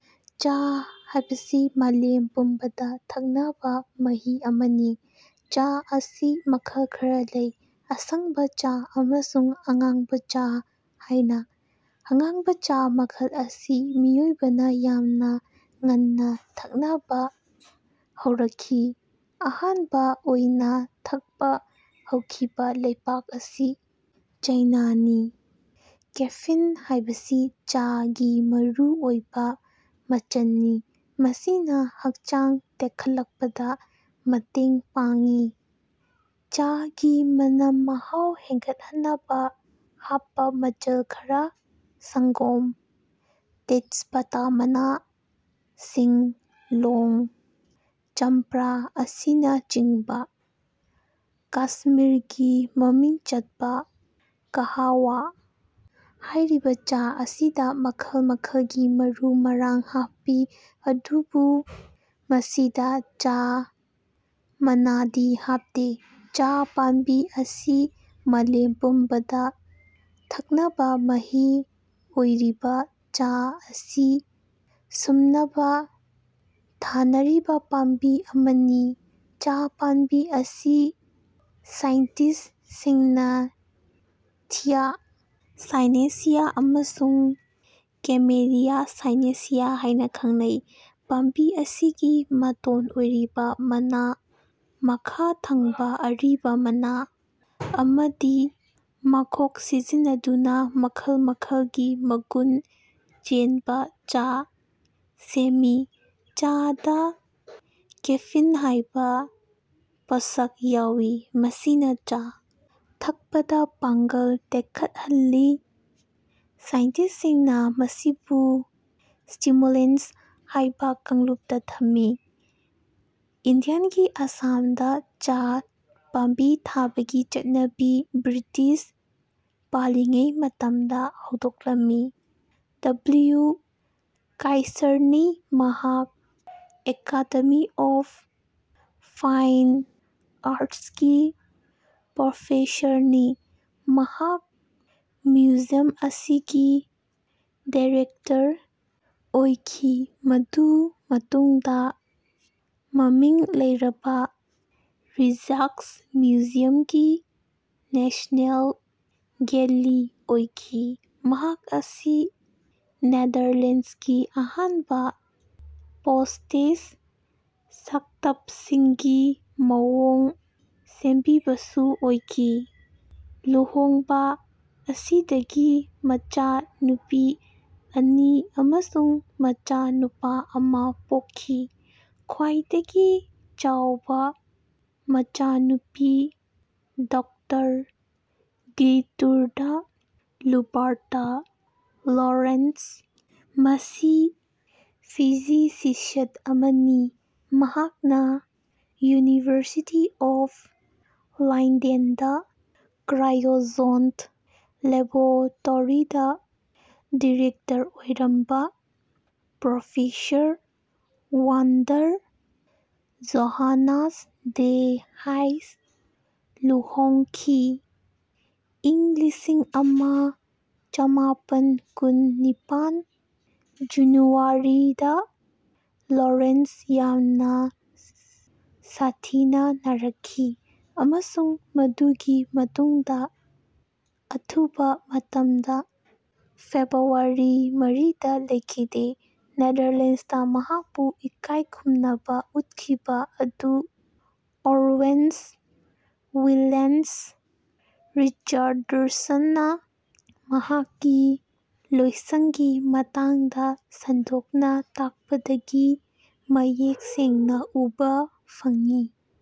ꯆꯥ ꯍꯥꯏꯕꯁꯤ ꯃꯥꯂꯦꯝ ꯄꯨꯝꯕꯗ ꯊꯛꯅꯔꯕ ꯃꯍꯤ ꯑꯃꯅꯤ꯫ ꯆꯥ ꯑꯁꯤ ꯃꯈꯜ ꯈꯔꯥ ꯂꯩ ꯑꯁꯪꯕ ꯆꯥ ꯑꯃꯁꯨꯡ ꯑꯉꯥꯡꯕ ꯆꯥ ꯍꯥꯏꯅ꯫ ꯑꯉꯥꯡꯕ ꯆꯥ ꯃꯈꯜ ꯑꯁꯤ ꯃꯤꯑꯣꯏꯕꯅ ꯌꯥꯝꯅ ꯉꯟꯅ ꯊꯛꯅꯕ ꯍꯧꯔꯛꯈꯤ ꯑꯍꯥꯟꯕ ꯑꯣꯏꯅ ꯊꯛꯄ ꯍꯧꯈꯤꯕ ꯂꯩꯄꯥꯛ ꯑꯁꯤ ꯆꯥꯏꯅꯅꯤ꯫ ꯀꯦꯐꯤꯟ ꯍꯥꯏꯕꯁꯤ ꯆꯥ ꯒꯤ ꯃꯔꯨ ꯑꯣꯏꯕ ꯃꯆꯟꯅꯤ꯫ ꯃꯁꯤꯅ ꯍꯛꯆꯥꯡ ꯇꯦꯛꯈꯠꯄꯗ ꯃꯇꯦꯟ ꯄꯥꯡꯏ꯫ ꯆꯥ ꯒꯤ ꯃꯅꯝ ꯃꯍꯥꯎ ꯍꯦꯟꯒꯠꯍꯟꯅꯕ ꯍꯥꯞꯄ ꯃꯆꯟ ꯈꯔ ꯁꯪꯒꯣꯝ ꯇꯦꯖꯄꯇ ꯃꯅꯥ ꯁꯤꯡ ꯂꯣꯡ ꯆꯝꯄ꯭ꯔꯥ ꯑꯁꯤꯅ ꯆꯤꯡꯕ꯫ ꯀꯁꯃꯤꯔꯒꯤ ꯃꯃꯤꯡ ꯆꯠꯄ ꯀꯥꯍꯋꯥ ꯍꯥꯏꯔꯤꯕ ꯆꯥ ꯑꯁꯤꯗ ꯃꯈꯜ ꯃꯈꯜꯒꯤ ꯃꯔꯨ ꯃꯔꯥꯡ ꯍꯥꯞꯄꯤ ꯑꯗꯨꯕꯨ ꯃꯁꯤꯗ ꯆꯥ ꯃꯅꯥꯗꯤ ꯍꯥꯞꯇꯦ꯫ ꯆꯥ ꯄꯥꯝꯕꯤ ꯑꯁꯤ ꯃꯥꯂꯦꯝ ꯄꯨꯝꯕꯗ ꯊꯛꯅꯕ ꯃꯍꯤ ꯑꯣꯢꯔꯤꯕ ꯆꯥ ꯑꯁꯤ ꯁꯨꯡꯅꯕ ꯊꯥꯟꯅꯔꯤꯕ ꯄꯥꯝꯕꯤ ꯑꯃꯅꯤ꯫ ꯆꯥ ꯄꯥꯝꯕꯤ ꯑꯁꯤ ꯁꯥꯏꯟꯇꯤꯁ ꯁꯤꯡꯅ ꯊꯤꯌꯥ ꯁꯥꯏꯅꯦꯟꯁꯤꯁ ꯑꯃꯁꯨꯡ ꯀꯦꯃꯤꯂꯤꯌꯥ ꯁꯥꯏꯅꯦꯟꯁꯤꯁ ꯍꯥꯏꯅ ꯈꯪꯅꯩ꯫ ꯄꯥꯝꯕꯤ ꯑꯁꯤꯒꯤ ꯃꯇꯣꯟ ꯑꯣꯏꯔꯤꯕ ꯃꯅꯥ ꯃꯈꯥ ꯊꯪꯕ ꯑꯔꯤꯕ ꯃꯅꯥ ꯑꯃꯗꯤ ꯃꯈꯣꯛ ꯁꯤꯖꯤꯟꯅꯗꯨꯅ ꯃꯈꯜ ꯃꯈꯜ ꯒꯤ ꯃꯒꯨꯟ ꯆꯦꯟꯕ ꯆꯥ ꯁꯦꯝꯃꯤ꯫ ꯆꯥ ꯗ ꯀꯦꯐꯤꯟ ꯍꯥꯏꯕ ꯄꯣꯠꯁꯛ ꯌꯥꯎꯏ꯫ ꯃꯁꯤꯅ ꯆꯥ ꯊꯛꯄꯗ ꯄꯥꯡꯒꯜ ꯇꯦꯛꯈꯠꯍꯜꯂꯤ꯫ ꯁꯥꯏꯟꯇꯤꯁ ꯁꯤꯡꯅ ꯃꯁꯤꯕꯨ ꯁ꯭ꯇꯤꯃꯨꯂꯦꯟꯠ ꯍꯥꯏꯕ ꯀꯥꯡꯂꯨꯞꯇ ꯊꯝꯃꯤ꯫ ꯏꯟꯗꯤꯌꯥꯒꯤ ꯑꯁꯥꯝ ꯗ ꯆꯥ ꯄꯥꯝꯕꯤ ꯊꯥꯕꯒꯤ ꯆꯠꯅꯕꯤ ꯕ꯭ꯔꯤꯇꯤꯁ ꯄꯥꯟꯂꯤꯉꯩ ꯃꯇꯝꯗ ꯍꯧꯗꯣꯛꯂꯝꯃꯤ꯫ ꯗꯕꯜꯌꯨ ꯀꯥꯏꯁꯔꯅꯤ ꯃꯍꯥꯛ ꯑꯦꯀꯥꯗꯦꯃꯤ ꯑꯣꯐ ꯐꯥꯏꯟ ꯑꯥꯔꯠꯁꯀꯤ ꯄ꯭ꯔꯣꯐꯦꯁꯔꯅꯤ꯫ ꯃꯍꯥꯛ ꯃ꯭ꯌꯨꯖꯤꯌꯝ ꯑꯁꯤꯒꯤ ꯗꯤꯔꯦꯛꯇꯔ ꯑꯣꯏꯈꯤ ꯃꯗꯨ ꯃꯇꯨꯡꯗ ꯃꯃꯤꯡ ꯂꯩꯔꯕ ꯔꯤꯖꯛ꯭ꯁꯃ꯭ꯌꯨꯖꯤꯌꯝꯒꯤ ꯅꯦꯁ꯭ꯅꯦꯜ ꯒꯦꯜꯂꯤ ꯑꯣꯏꯈꯤ꯫ ꯃꯍꯥꯛ ꯑꯁꯤ ꯅꯦꯗꯔꯂꯦꯟ꯭ꯁꯀꯤ ꯑꯍꯥꯟꯕ ꯄꯣꯁ꯭ꯇꯦꯖ ꯁ꯭ꯇꯥꯝꯞꯁꯤꯡꯒꯤ ꯃꯑꯣꯡ ꯁꯦꯝꯕꯤꯕꯁꯨ ꯑꯣꯏꯈꯤ꯫ ꯂꯨꯍꯣꯡꯕ ꯑꯁꯤꯗꯒꯤ ꯃꯆꯥꯅꯨꯄꯤ ꯑꯅꯤ ꯑꯃꯁꯨꯡ ꯃꯆꯥꯅꯨꯄꯥ ꯑꯃ ꯄꯣꯛꯈꯤ꯫ ꯈ꯭ꯋꯥꯏꯗꯒꯤ ꯆꯥꯎꯕ ꯃꯆꯥꯅꯨꯄꯤ ꯗꯣꯛꯇꯔ ꯒꯤꯔꯇ꯭ꯔꯨꯏꯗꯥ ꯂꯨꯕꯔꯇꯥ ꯂꯣꯔꯦꯟꯠꯖ ꯑꯁꯤ ꯐꯤꯖꯤꯁꯤꯁꯠ ꯑꯃꯅꯤ꯫ ꯃꯍꯥꯛꯅ ꯌꯨꯅꯤꯚꯔꯁꯤꯇꯤ ꯑꯣꯐ ꯂꯥꯏꯗꯦꯟꯗ ꯀ꯭ꯔꯥꯏꯑꯣꯖꯦꯟꯛ ꯂꯦꯕꯣꯔꯇꯣꯔꯤꯗ ꯗꯤꯔꯦꯛꯇꯔ ꯑꯣꯏꯔꯝꯕ professor Wander Johannes de Haas ꯂꯨꯍꯣꯡꯈꯤ꯫ ꯏꯪ ꯂꯤꯁꯤꯡ ꯑꯃ ꯆꯃꯥꯄꯟ ꯀꯨꯟ ꯅꯤꯄꯥꯟ ꯖꯅꯨꯋꯥꯔꯤꯗ ꯂꯣꯔꯦꯟꯠꯖ ꯌꯥꯝꯅ ꯁꯥꯊꯤꯅ ꯅꯥꯔꯛꯈꯤ, ꯑꯃꯁꯨꯡ ꯃꯗꯨꯒꯤ ꯃꯇꯨꯡꯗ ꯑꯊꯨꯕ ꯃꯇꯝꯗ ꯐꯦꯕ꯭ꯔꯨꯋꯥꯔꯤ ꯃꯔꯤꯗ ꯂꯩꯈꯤꯗꯦ꯫ ꯅꯦꯗꯔꯂꯦꯟꯁꯇ ꯃꯍꯥꯛꯄꯨ ꯏꯀꯥꯏꯈꯨꯝꯅꯕ ꯎꯠꯈꯤꯕ ꯑꯗꯨ ꯑꯣꯋꯦꯟ ꯋꯤꯂꯟ꯭ꯁ ꯔꯤꯆꯥꯔꯗꯁꯟꯅ ꯃꯍꯥꯛꯀꯤ ꯂꯣꯏꯁꯡꯒꯤ ꯃꯇꯥꯡꯗ ꯁꯟꯗꯣꯛꯅ ꯇꯥꯛꯄꯗꯒꯤ ꯃꯌꯦꯛ ꯁꯦꯡꯅ ꯎꯕ ꯐꯪꯉꯤ꯫